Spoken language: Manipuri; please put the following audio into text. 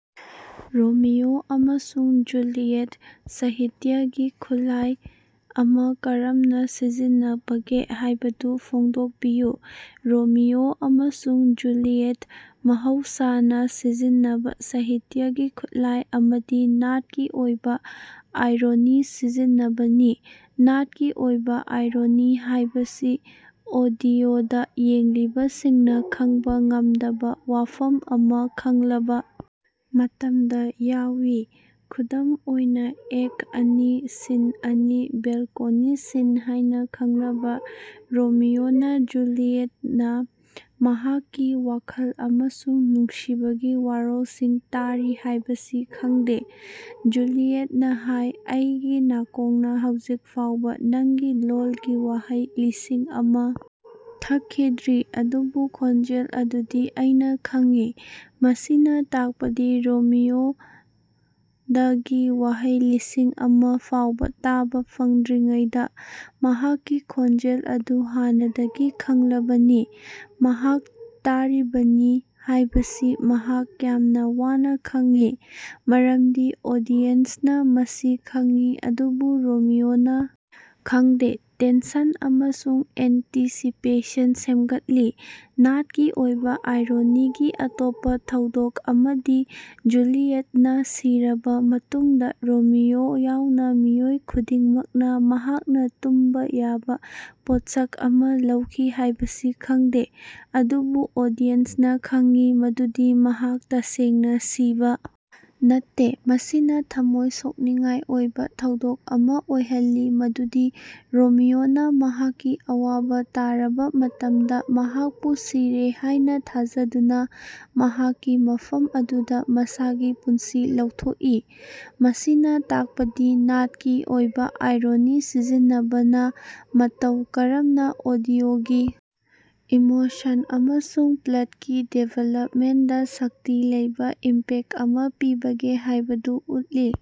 ꯔꯣꯃꯤꯑꯣ ꯑꯃꯁꯨꯡ ꯖꯨꯂꯤꯌꯠꯇ ꯁꯍꯤꯇ꯭ꯌꯥꯒꯤ ꯈꯨꯠꯂꯥꯏ ꯑꯃ ꯀꯔꯝꯅ ꯁꯤꯖꯤꯟꯅꯕꯒꯦ ꯍꯥꯏꯕꯗꯨ ꯐꯣꯡꯗꯣꯛꯄꯤꯌꯨ꯫ ꯔꯣꯃꯤꯑꯣ ꯑꯃꯁꯨꯡ ꯖꯨꯂꯤꯌꯇꯇ ꯃꯍꯧꯁꯥꯅ ꯁꯤꯖꯤꯟꯅꯕ ꯁꯍꯤꯇ꯭ꯌꯥꯒꯤ ꯈꯨꯠꯂꯥꯏ ꯑꯃꯗꯤ ꯅꯥꯠꯀꯤ ꯑꯣꯏꯕ ꯑꯥꯏꯔꯣꯅꯤ ꯁꯤꯖꯤꯟꯅꯕꯅꯤ꯫ ꯅꯥꯠꯀꯤ ꯑꯣꯏꯕ ꯑꯥꯏꯔꯣꯅꯤ ꯍꯥꯏꯕꯁꯤ ꯑꯣꯗꯤꯑꯣꯗꯥ ꯌꯦꯡꯂꯤꯕꯁꯤꯡꯅ ꯈꯪꯕꯥ ꯉꯝꯗꯕ ꯋꯥꯐꯝ ꯑꯃ ꯈꯪꯂꯕ ꯃꯇꯝꯗ ꯌꯥꯎꯏ꯫ ꯈꯨꯗꯝ ꯑꯣꯏꯅ ꯑꯦꯛꯇ ꯑꯅꯤ ꯁꯤꯟ ꯑꯅꯤ ꯕꯦꯂꯀꯣꯅꯤ ꯁꯤꯟ ꯍꯥꯏꯅ ꯈꯪꯅꯕ, ꯔꯣꯃꯤꯑꯣꯅ ꯖꯨꯂꯤꯌꯦꯠꯅ ꯃꯍꯥꯛꯀꯤ ꯋꯥꯈꯜ ꯑꯃꯁꯨꯡ ꯅꯨꯡꯁꯤꯕꯒꯤ ꯋꯥꯔꯣꯜꯁꯤꯡ ꯇꯥꯔꯤ ꯍꯥꯏꯕꯁꯤ ꯈꯪꯗꯦ꯫ ꯖꯨꯂꯤꯌꯇꯅ ꯍꯥꯏ "ꯑꯩꯒꯤ ꯅꯥꯀꯣꯡꯅ ꯍꯧꯖꯤꯛ ꯐꯥꯎꯕ ꯅꯪꯒꯤ ꯂꯣꯜꯒꯤ ꯋꯥꯍꯩ ꯂꯤꯁꯤꯡ ꯑꯃ ꯊꯛꯈꯤꯗ꯭ꯔꯤ ꯑꯗꯨꯕꯨ ꯈꯣꯟꯖꯦꯜ ꯑꯗꯨꯗꯤ ꯑꯩꯅ ꯈꯪꯏ꯫ ꯃꯁꯤꯅ ꯇꯥꯛꯄꯗꯤ ꯔꯣꯃꯤꯑꯣꯗꯒꯤ ꯋꯥꯍꯩ ꯂꯤꯁꯤꯡ ꯑꯃꯥ ꯐꯥꯎꯕ ꯇꯥꯕ ꯐꯪꯗ꯭ꯔꯤꯉꯩꯗ ꯃꯍꯥꯛꯀꯤ ꯈꯣꯟꯖꯦꯜ ꯑꯗꯨ ꯍꯥꯟꯅꯗꯒꯤ ꯈꯪꯂꯕꯅꯤ— ꯃꯍꯥꯛ ꯇꯥꯔꯤꯕꯅꯤ ꯍꯥꯏꯕꯁꯤ ꯃꯍꯥꯛ ꯌꯥꯝꯅ ꯋꯥꯅ ꯈꯪꯏ꯫ ꯃꯔꯝꯗꯤ ꯑꯣꯗꯤꯌꯦꯟꯁꯅ ꯃꯁꯤ ꯈꯪꯏ ꯑꯗꯨꯕꯨ ꯔꯣꯃꯤꯑꯣꯅꯥ ꯈꯪꯗꯦ꯫ ꯇꯦꯟꯁꯟ ꯑꯃꯁꯨꯡ ꯑꯦꯟꯇꯤꯁꯤꯄꯦꯁꯟ ꯁꯦꯝꯒꯠꯂꯤ꯫ ꯅꯥꯠꯀꯤ ꯑꯣꯏꯕ ꯑꯥꯏꯔꯣꯅꯤꯒꯤ ꯑꯇꯣꯞꯄ ꯊꯧꯗꯣꯛ ꯑꯃꯗꯤ ꯖꯨꯂꯤꯌꯇꯅ ꯁꯤꯔꯕ ꯃꯇꯨꯡꯗ ꯔꯣꯃꯤꯑꯣ ꯌꯥꯎꯅ ꯃꯤꯑꯣꯏ ꯈꯨꯗꯤꯡꯃꯛꯅ ꯃꯍꯥꯛꯅ ꯇꯨꯝꯕꯥ ꯌꯥꯕꯥ ꯄꯣꯠꯁꯛ ꯑꯃ ꯂꯧꯈꯤ ꯍꯥꯏꯕꯁꯤ ꯈꯪꯗꯦ꯫ ꯑꯗꯨꯕꯨ ꯑꯣꯗꯤꯌꯦꯟꯁꯅ ꯈꯪꯏ ꯃꯗꯨꯗꯤ ꯃꯍꯥꯛ ꯇꯁꯦꯡꯅ ꯁꯤꯕ ꯅꯠꯇꯦ꯫ ꯃꯁꯤꯅ ꯊꯝꯃꯣꯏ ꯁꯣꯛꯅꯤꯡꯉꯥꯏ ꯑꯣꯏꯕ ꯊꯧꯗꯣꯛ ꯑꯃ ꯑꯣꯏꯍꯜꯂꯤ ꯃꯗꯨꯗꯤ ꯔꯣꯃꯤꯑꯣꯅ ꯃꯍꯥꯛꯀꯤ ꯑꯋꯥꯕ ꯇꯥꯔꯕ ꯃꯇꯝꯗ, ꯃꯍꯥꯛꯄꯨ ꯁꯤꯔꯦ ꯍꯥꯏꯅ ꯊꯥꯖꯗꯨꯅ ꯃꯍꯥꯛꯀꯤ ꯃꯐꯝ ꯑꯗꯨꯗ ꯃꯁꯥꯒꯤ ꯄꯨꯟꯁꯤ ꯂꯧꯊꯣꯛꯏ꯫ ꯃꯁꯤꯅ ꯇꯥꯛꯄꯗꯤ ꯅꯥꯠꯀꯤ ꯑꯣꯏꯕ ꯑꯥꯏꯔꯣꯅꯤ ꯁꯤꯖꯤꯟꯅꯕꯅ ꯃꯇꯧ ꯀꯔꯝꯅ ꯑꯣꯗꯤꯑꯣꯒꯤ ꯏꯃꯣꯁꯟ ꯑꯃꯁꯨꯡ ꯄ꯭ꯂꯇꯀꯤ ꯗꯤꯚꯦꯂꯄꯃꯦꯟꯇꯗ ꯁꯛꯇꯤ ꯂꯩꯕ ꯏꯝꯄꯦꯛꯇ ꯑꯃ ꯄꯤꯕꯒꯦ ꯍꯥꯏꯕꯗꯨ ꯎꯠꯂꯤ꯫